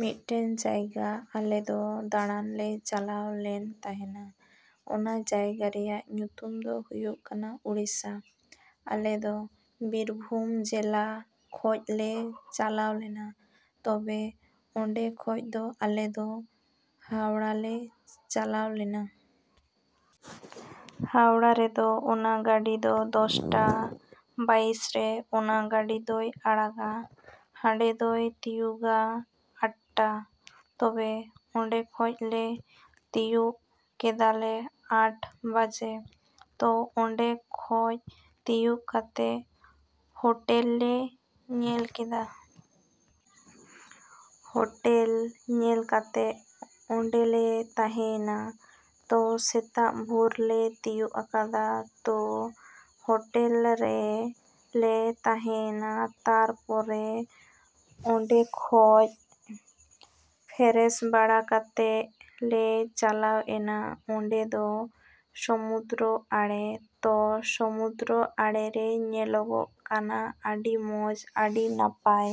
‎ᱢᱤᱫᱴᱮᱱ ᱡᱟᱭᱜᱟ ᱟᱞᱮ ᱫᱚ ᱫᱟᱬᱟᱱ ᱞᱮ ᱪᱟᱞᱟᱣ ᱞᱮᱱ ᱛᱟᱸᱦᱮᱜᱼᱟ᱾ ᱚᱱᱟ ᱡᱟᱭᱜᱟ ᱨᱮᱭᱟᱜ ᱧᱩᱛᱩᱢ ᱫᱚ ᱦᱩᱭᱩᱜ ᱠᱟᱱᱟ ᱩᱲᱤᱥᱥᱟ᱾ ᱟᱞᱮ ᱫᱚ ᱵᱤᱨᱵᱷᱩᱢ ᱡᱮᱞᱟ ᱠᱷᱚᱡ ᱞᱮ ᱪᱟᱞᱟᱣ ᱞᱮᱱᱟ᱾ ᱛᱚᱵᱮ ᱚᱱᱰᱮ ᱠᱷᱚᱱ ᱫᱚ ᱟᱞᱮ ᱫᱚ ᱦᱟᱣᱲᱟ ᱞᱮ ᱪᱟᱞᱟᱣ ᱞᱮᱱᱟ᱾ ᱦᱟᱣᱲᱟ ᱨᱮᱫᱚ ᱚᱱᱟ ᱜᱟᱹᱰᱤ ᱫᱚ ᱫᱚᱥᱴᱟ ᱵᱟᱭᱤᱥ ᱨᱮ ᱚᱱᱟ ᱜᱟᱹᱰᱤ ᱫᱚᱭ ᱟᱲᱟᱜᱟ᱾ ᱦᱟᱱᱰᱮ ᱫᱚᱭ ᱛᱤᱭᱳᱜᱟ ᱟᱴᱴᱟ᱾ ᱛᱚᱵᱮ ᱚᱱᱰᱮ ᱠᱷᱚᱱ ᱞᱮ ᱛᱤᱭᱳᱜ ᱠᱮᱫᱟᱞᱮ ᱟᱴ ᱵᱟᱡᱮ᱾ ᱛᱚ ᱚᱱᱰᱮ ᱠᱷᱚᱱ ᱛᱤᱭᱳᱜ ᱠᱟᱛᱮᱜ ᱦᱳᱴᱮᱞ ᱞᱮ ᱧᱮᱞ ᱠᱮᱫᱟ᱾ ᱦᱳᱴᱮᱞ ᱧᱮᱞ ᱠᱟᱛᱮᱜ ᱚᱱᱰᱮ ᱞᱮ ᱛᱟᱸᱦᱮᱭᱮᱱᱟ᱾ ᱛᱚ ᱥᱮᱛᱟᱜ ᱵᱷᱳᱨ ᱞᱮ ᱛᱤᱭᱳᱜ ᱟᱠᱟᱫᱟ᱾ ᱛᱚ ᱦᱳᱴᱮᱞ ᱨᱮ ᱞᱮ ᱛᱟᱸᱦᱮᱭᱮᱱᱟ᱾ ᱛᱟᱨᱯᱚᱨᱮ ᱚᱱᱰᱮ ᱠᱷᱚᱡ ᱯᱷᱮᱨᱮᱥ ᱵᱟᱲᱟ ᱠᱟᱛᱮᱜ ᱞᱮ ᱪᱟᱞᱟᱣ ᱮᱱᱟ ᱚᱱᱰᱮ ᱫᱚ ᱥᱚᱢᱩᱫᱽᱨᱚ ᱟᱲᱮ᱾ ᱛᱚ ᱥᱚᱢᱩᱫᱽᱨᱚ ᱟᱲᱮ ᱨᱮ ᱧᱮᱞᱚᱜᱚᱜ ᱠᱟᱱᱟ ᱟᱹᱰᱤ ᱢᱚᱸᱡ, ᱟᱹᱰᱤ ᱱᱟᱯᱟᱭ᱾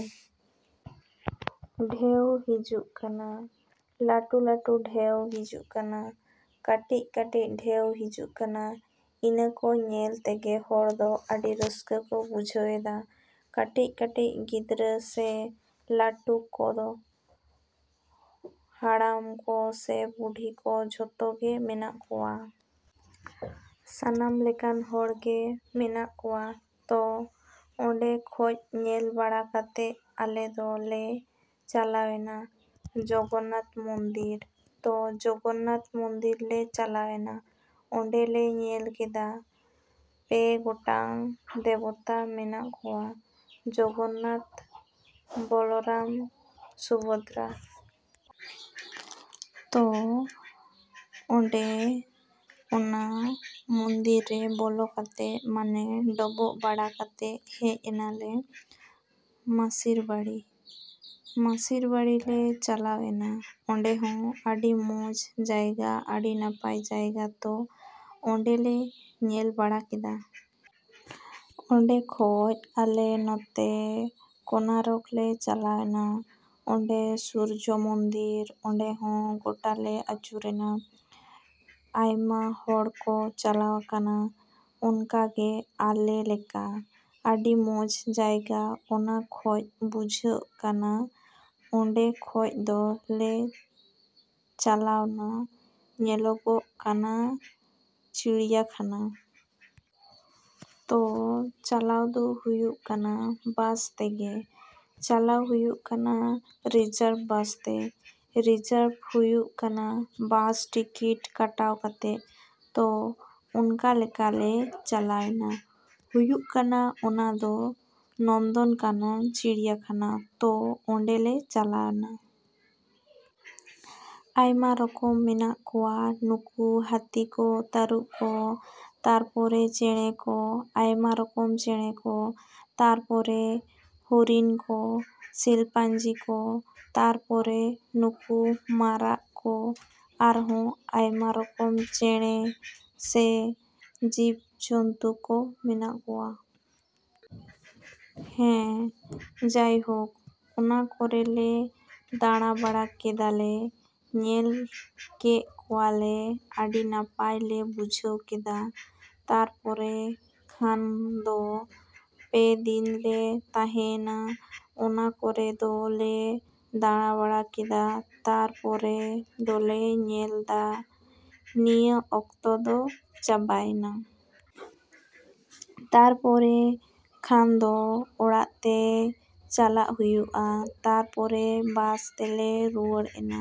ᱰᱷᱮᱣ ᱦᱤᱡᱩᱜ ᱠᱟᱱᱟ, ᱞᱟᱹᱴᱩ ᱞᱟᱹᱴᱩ ᱰᱷᱮᱣ ᱦᱤᱡᱩᱜ ᱠᱟᱱᱟ, ᱠᱟᱹᱴᱤᱡ ᱠᱟᱹᱴᱤᱡ ᱰᱷᱮᱣ ᱦᱤᱡᱩᱜ ᱠᱟᱱᱟ᱾ ᱤᱱᱟᱹ ᱠᱚ ᱧᱮᱞ ᱛᱮᱜᱮ ᱦᱚᱲ ᱫᱚ ᱟᱹᱰᱤ ᱨᱟᱹᱥᱠᱟᱹ ᱠᱚ ᱵᱩᱡᱷᱟᱹᱣ ᱫᱟ᱾ ᱠᱟᱹᱴᱤᱡ ᱠᱟᱹᱴᱤᱡ ᱜᱤᱫᱽᱨᱟᱹ ᱥᱮ ᱞᱟᱹᱴᱩ ᱠᱚ, ᱦᱟᱲᱟᱢ ᱠᱚ ᱥᱮ ᱵᱩᱰᱷᱤ ᱠᱚ, ᱡᱚᱛᱚ ᱜᱮ ᱢᱮᱱᱟᱜ ᱠᱚᱣᱟ᱾ ᱥᱟᱱᱟᱢ ᱞᱮᱠᱟᱱ ᱦᱚᱲ ᱜᱮ ᱢᱮᱱᱟᱜ ᱠᱚᱣᱟ᱾ ᱛᱚ ᱚᱱᱰᱮ ᱠᱷᱚᱡ ᱧᱮᱞ ᱵᱟᱲᱟ ᱠᱟᱛᱮᱜ ᱟᱞᱮ ᱫᱚ ᱞᱮ ᱪᱟᱞᱟᱣᱱᱟ ᱡᱚᱜᱚᱱᱱᱟᱛᱷ ᱢᱚᱱᱫᱤᱨ᱾ ᱛᱚ ᱡᱚᱜᱚᱱᱱᱟᱛᱷ ᱢᱚᱱᱫᱤᱨ ᱞᱮ ᱪᱟᱞᱟᱣᱱᱟ᱾ ᱚᱱᱰᱮ ᱞᱮ ᱧᱮᱞ ᱠᱮᱫᱟ ᱯᱮ ᱜᱚᱴᱟᱝ ᱫᱮᱵᱚᱛᱟ ᱢᱮᱱᱟᱜ ᱠᱚᱣᱟ ᱡᱚᱜᱚᱱᱱᱟᱛᱷ, ᱵᱚᱞᱨᱟᱢ, ᱥᱩᱵᱷᱚᱫᱽᱨᱟ᱾ ᱛᱚ ᱚᱱᱰᱮ ᱚᱱᱟ ᱢᱚᱱᱫᱤᱨ ᱨᱮ ᱵᱚᱞᱚ ᱠᱟᱛᱮᱜ ᱢᱟᱱᱮ ᱰᱚᱵᱚᱜ ᱵᱟᱲᱟ ᱠᱟᱛᱮᱜ ᱦᱮᱡ ᱮᱱᱟᱞᱮ ᱢᱟᱥᱤᱨ ᱵᱟᱲᱤ᱾ ᱢᱟᱥᱤᱨ ᱵᱟᱲᱤ ᱞᱮ ᱪᱟᱞᱟᱣ ᱮᱱᱟ᱾ ᱚᱱᱰᱮ ᱦᱚᱸ ᱟᱹᱰᱤ ᱢᱚᱸᱡ ᱡᱟᱭᱜᱟ, ᱟᱹᱰᱤ ᱱᱟᱯᱟᱭ ᱡᱟᱭᱜᱟ᱾ ᱛᱚ ᱚᱱᱰᱮ ᱞᱮ ᱧᱮᱞ ᱵᱟᱲᱟ ᱠᱮᱫᱟ᱾ ᱚᱱᱰᱮ ᱠᱷᱚᱡ ᱟᱞᱮ ᱱᱚᱛᱮ ᱠᱳᱱᱟᱨᱚᱠ ᱞᱮ ᱪᱟᱞᱟᱣᱱᱟ ᱚᱱᱰᱮ ᱥᱩᱨᱡᱚ ᱢᱚᱱᱫᱤᱨ᱾ ᱚᱱᱰᱮ ᱦᱚᱸ ᱜᱚᱴᱟ ᱞᱮ ᱟᱹᱪᱩᱨ ᱮᱱᱟ᱾ ᱟᱭᱢᱟ ᱦᱚᱲ ᱠᱚ ᱪᱟᱞᱟᱣ ᱟᱠᱟᱱᱟ ᱚᱱᱠᱟ ᱜᱮ ᱟᱞᱮ ᱞᱮᱠᱟ᱾ ᱟᱹᱰᱤ ᱢᱚᱸᱡ ᱡᱟᱭᱜᱟ ᱚᱱᱟ ᱠᱷᱚᱡ ᱵᱩᱡᱷᱟᱹᱜ ᱠᱟᱱᱟ᱾ ᱚᱱᱰᱮ ᱠᱷᱚᱡ ᱫᱚ ᱞᱮ ᱪᱟᱞᱟᱣᱱᱟ ᱧᱮᱞᱚᱜᱚᱜ ᱠᱟᱱᱟ ᱪᱤᱲᱭᱟᱠᱷᱟᱱᱟ᱾ ᱛᱚ ᱪᱟᱞᱟᱣ ᱫᱚ ᱦᱩᱭᱩᱜ ᱠᱟᱱᱟ ᱵᱟᱥ ᱛᱮᱜᱮ ᱪᱟᱞᱟᱣ ᱦᱩᱭᱩᱜ ᱠᱟᱱᱟ ᱨᱤᱡᱟᱨᱵᱷ ᱵᱟᱥ ᱛᱮ᱾ ᱨᱤᱡᱟᱨᱵᱷ ᱦᱩᱭᱩᱜ ᱠᱟᱱᱟ ᱵᱟᱥ ᱴᱤᱠᱤᱴ ᱠᱟᱴᱟᱣ ᱠᱟᱛᱮᱜ᱾ ᱛᱚ ᱚᱱᱠᱟ ᱞᱮᱠᱟ ᱞᱮ ᱪᱟᱞᱟᱣᱱᱟ᱾ ᱦᱩᱭᱩᱜ ᱠᱟᱱᱟ ᱚᱱᱟ ᱫᱚ ᱱᱚᱱᱫᱚᱱᱠᱟᱱᱚᱱ ᱪᱤᱲᱭᱟᱠᱷᱟᱱᱟ᱾ ᱛᱚ ᱚᱱᱰᱮ ᱞᱮ ᱪᱟᱞᱟᱣᱱᱟ᱾ ᱟᱭᱢᱟ ᱨᱚᱠᱚᱢ ᱢᱮᱱᱟᱜ ᱠᱚᱣᱟ ᱱᱩᱠᱩ ᱦᱟᱹᱛᱤ ᱠᱚ, ᱛᱟᱹᱨᱩᱵᱽ ᱠᱚ᱾ ᱛᱟᱨᱯᱚᱨᱮ ᱪᱮᱬᱮ ᱠᱚ, ᱟᱭᱢᱟ ᱨᱚᱠᱚᱢ ᱪᱮᱬᱮ ᱠᱚ᱾ ᱛᱟᱨᱯᱚᱨᱮ ᱦᱚᱨᱤᱱ ᱠᱚ, ᱥᱤᱞᱯᱟᱧᱡᱤ ᱠᱚ᱾ ᱛᱟᱨᱯᱚᱨᱮ ᱱᱩᱠᱩ ᱢᱟᱨᱟᱜ ᱠᱚ, ᱟᱨᱦᱚᱸ ᱟᱭᱢᱟ ᱨᱚᱠᱚᱢ ᱪᱮᱬᱮ ᱥᱮ ᱡᱤᱵᱽ ᱡᱚᱱᱛᱩ ᱠᱚ ᱢᱮᱱᱟᱜ ᱠᱚᱣᱟ᱾ ᱦᱮᱸ, ᱡᱟᱭᱦᱳᱠ ᱚᱱᱟ ᱠᱚᱨᱮ ᱞᱮ ᱫᱟᱬᱟᱵᱟᱲᱟ ᱠᱮᱫᱟᱞᱮ, ᱧᱮᱞ ᱠᱮᱜ ᱠᱚᱣᱟᱞᱮ, ᱟᱹᱰᱤ ᱱᱟᱯᱟᱭ ᱞᱮ ᱵᱩᱡᱷᱟᱹᱣ ᱠᱮᱫᱟ᱾ ᱛᱟᱨᱯᱚᱨᱮ ᱠᱷᱟᱱ ᱫᱚ ᱯᱮ ᱫᱤᱱ ᱞᱮ ᱛᱟᱸᱦᱮᱭ ᱱᱟ ᱚᱱᱟ ᱠᱚᱨᱮ ᱫᱚ ᱞᱮ ᱫᱟᱬᱟᱵᱟᱬᱟ ᱠᱮᱫᱟ᱾ ᱛᱟᱨᱯᱚᱨᱮ ᱫᱚᱞᱮ ᱧᱮᱞ ᱫᱟ ᱱᱤᱭᱟᱹ ᱚᱠᱛᱚ ᱫᱚ ᱪᱟᱵᱟᱭᱮᱱᱟ᱾ ᱛᱟᱨᱯᱚᱨᱮ ᱠᱷᱟᱱ ᱫᱚ ᱚᱲᱟᱜ ᱛᱮ ᱪᱟᱞᱟᱜ ᱦᱩᱭᱩᱜᱼᱟ᱾ ᱛᱟᱨᱯᱚᱨᱮ ᱵᱟᱥ ᱛᱮᱞᱮ ᱨᱩᱣᱟ‌.ᱲ ᱮᱱᱟ᱾